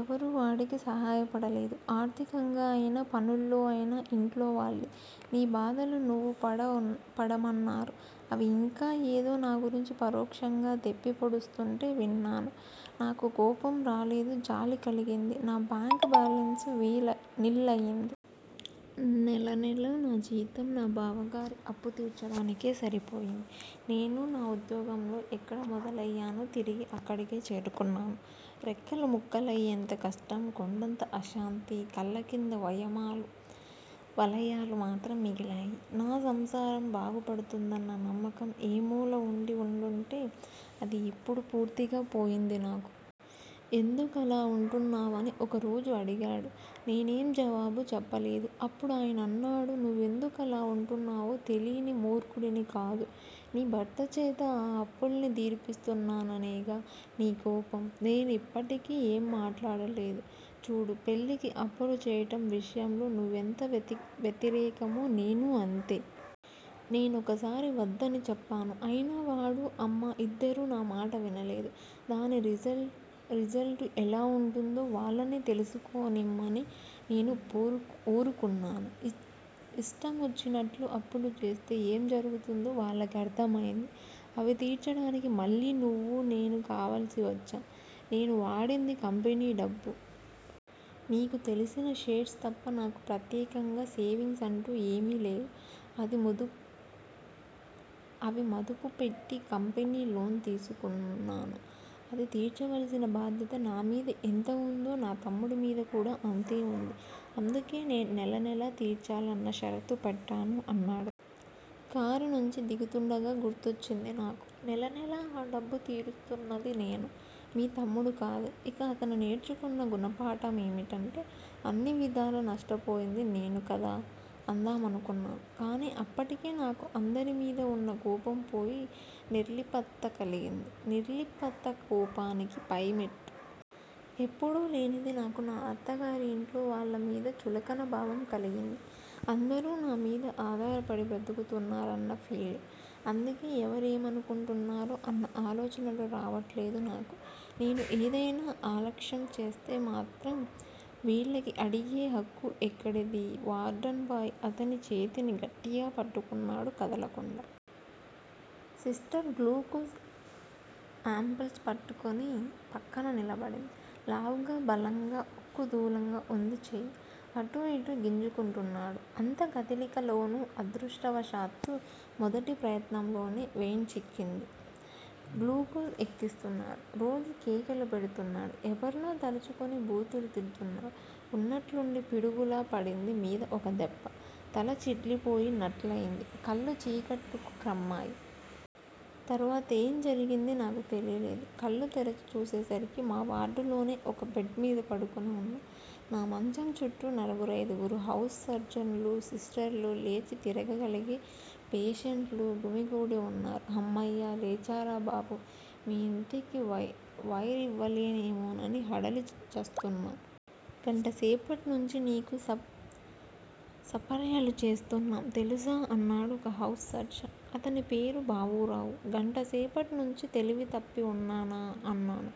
ఎవరూ వాడికి సాయపడలేదు. ఆర్థికంగా అయినా, పనుల్లో అయినా ఇంట్లో వాళ్ళే 'నీ బాధలు నువ్వు పడ' మన్నారు అని ఇంకా ఏదో నా గురించి పరోక్షంగా దెప్పి పొడుస్తుంటే విన్నాను. నాకు కోపం రాలేదు. జాలి కలిగింది. నా బ్యాంక్ బ్యాలెన్స్ నిల్ అయ్యింది. నెల నెలా నా జీతం నా బావగారి అప్పు తీర్చడానికే సరిపోయింది. నేను నా ఉద్యోగంలో ఎక్కడ మొదలయ్యానో తిరిగి అక్కడికే చేరుకున్నాను. రెక్కలు ముక్కలయ్యేంత కష్టం. కొండంత అశాంతి, కళ్ళకింద వలయాలు మాత్రం మిగిలాయి. నా సంసారం బాగుపడుతుందన్న నమ్మకం ఏమూలో వుండి వుండుంటే అది ఇప్పుడు పూర్తిగా పోయింది నాకు. ఎందుకలా వుంటున్నావని ఒక రోజు అడిగాడు. నేనేం జవాబు చెప్పలేదు. అప్పుడాయన అన్నాడు- నువ్వెందుకలా వుంటున్నావో తెలీని మూర్ఖుడిని కాదు. నీ భర్తచేత ఆ అప్పులన్నీ తీర్పిస్తున్నాననేగా నీ కోపం? నేనప్పటికీ ఏం మాట్లాడలేదు. చూడు పెళ్ళికి అప్పులు చేయడం విషయంలో నువ్వెంత వ్యతిరేకమో నేనూ అంతే. నేనొకసారి వద్దని చెప్పాను. అయినా వాడు, అమ్మ, ఇద్దరూ నా మాట వినలేదు. దాని రిజల్టు ఎలా వుంటుందో వాళ్ళనే తెలుసుకోనిమ్మని నేనూ వూరుకున్నాను. ఇష్టమొచ్చినట్లు అప్పులు చేస్తే ఏం జరుగుతుందో వాళ్ళకి అర్థమైంది. అవి తీర్చడానికి మళ్ళీ నువ్వు, నేనే కావలసి వచ్చాం. నేను వాడింది కంపెనీ డబ్బు. నీకు తెల్సిన 'షేర్స్' తప్ప నాకు ప్రత్యేకంగా సేవింగ్స్ అంటూ ఏమీలేవు. అవి మదుపు పెట్టి కంపెనీ లోన్ తీసుకున్నాను. అది తీర్చవలసిన బాధ్యత నా మీద ఎంత వుందో, నా తమ్ముడి మీద కూడా అంతేవుంది. అందుకే నెలనెలా తీర్చాలన్న షరతు పెట్టాను అన్నాడు. కారునుంచి దిగుతుండగా గుర్తొచ్చింది నాకు. నెల నెలా ఆ తప్పు తీరుస్తున్నది నేను. మీ తమ్ముడు కాదు. ఇక అతను నేర్చుకున్న గుణపాఠమేమిటంటే? అన్ని విధాలా నష్టపోయింది నేను కదా! అందామనుకున్నాను కానీ అప్పటికే నాకు అందరిమీదా వున్న కోపం పోయి నిర్లిప్తత కలిగింది. నిర్లిప్తత కోపానికి పైమెట్టు. ఎప్పుడూ లేనిది నాకు నా అత్తగారి ఇంట్లో వాళ్ళమీద చులకనభావం కలిగింది. అందరూ నా మీద ఆధారపడి బ్రతుకుతున్నారన్న ఫీలింగ్. అందుకే ఎవరేమనుకుంటారో అన్న ఆలోచనలు రావట్లేదు నాకు. నేను ఏదైనా అలక్ష్యంచేస్తే మాత్రం వీళ్ళకి అడిగే హక్కు ఎక్కడిది? వార్డుబాయ్ అతని చేతిని గట్టిగా పట్టుకున్నాడు, కదలకుండా. సిస్టర్ గ్లూకోజ్ యాంపుల్స్ పట్టుకుని ప్రక్కన నిలబడింది. లావుగా, బలంగా, ఉక్కు దూలంగా వుంది చెయ్యి. అటూ యిటూ గింజుకుంటున్నాడు. అంత కదిలికలోనూ అదృష్టవశాత్తూ మొదటి ప్రయత్నంలోనే వెయిన్ చిక్కింది. గ్లూకోజ్ ఎక్కిస్తున్నారు. రోగి కేకలు పెడుతున్నాడు. ఎవర్నో తలుచుకుని బూతులు తిడుతున్నాడు. ఉన్నట్లుండి పిడుగులా పడింది మీద ఒక దెబ్బ, తల చిట్లిపోయి నట్లయింది, కళ్ళు చీకట్లు క్రమ్మాయి. తర్వాతేం జరిగిందీ నాకు తెలియలేదు. కళ్ళు తెరచి చూసేసరికి మా వార్డులోనే ఒక బెడ్ మీద పడుకుని వున్నాను. నా మంచం చుట్టూ నలుగురయిదుగురు హౌస్ సర్జన్లూ, సిస్టర్లూ, లేచి తిరగ గలిగే పేషెంట్లూ గుమిగూడి వున్నారు. హమ్మయ్య! లేచారా బాబూ! మీ యింటికి వైర్ ఇవ్వాలేమోనని హడలి చస్తున్నాం. గంటసేపట్నుంచీ నీకు సపర్యలు చేస్తున్నాం, తెలుసా? అన్నాడు ఒక హౌస్ సర్జన్. అతని పేరు బాబూరావు. గంటసేపట్నుంచీ తెలివి తప్పి వున్నానా? అన్నాను,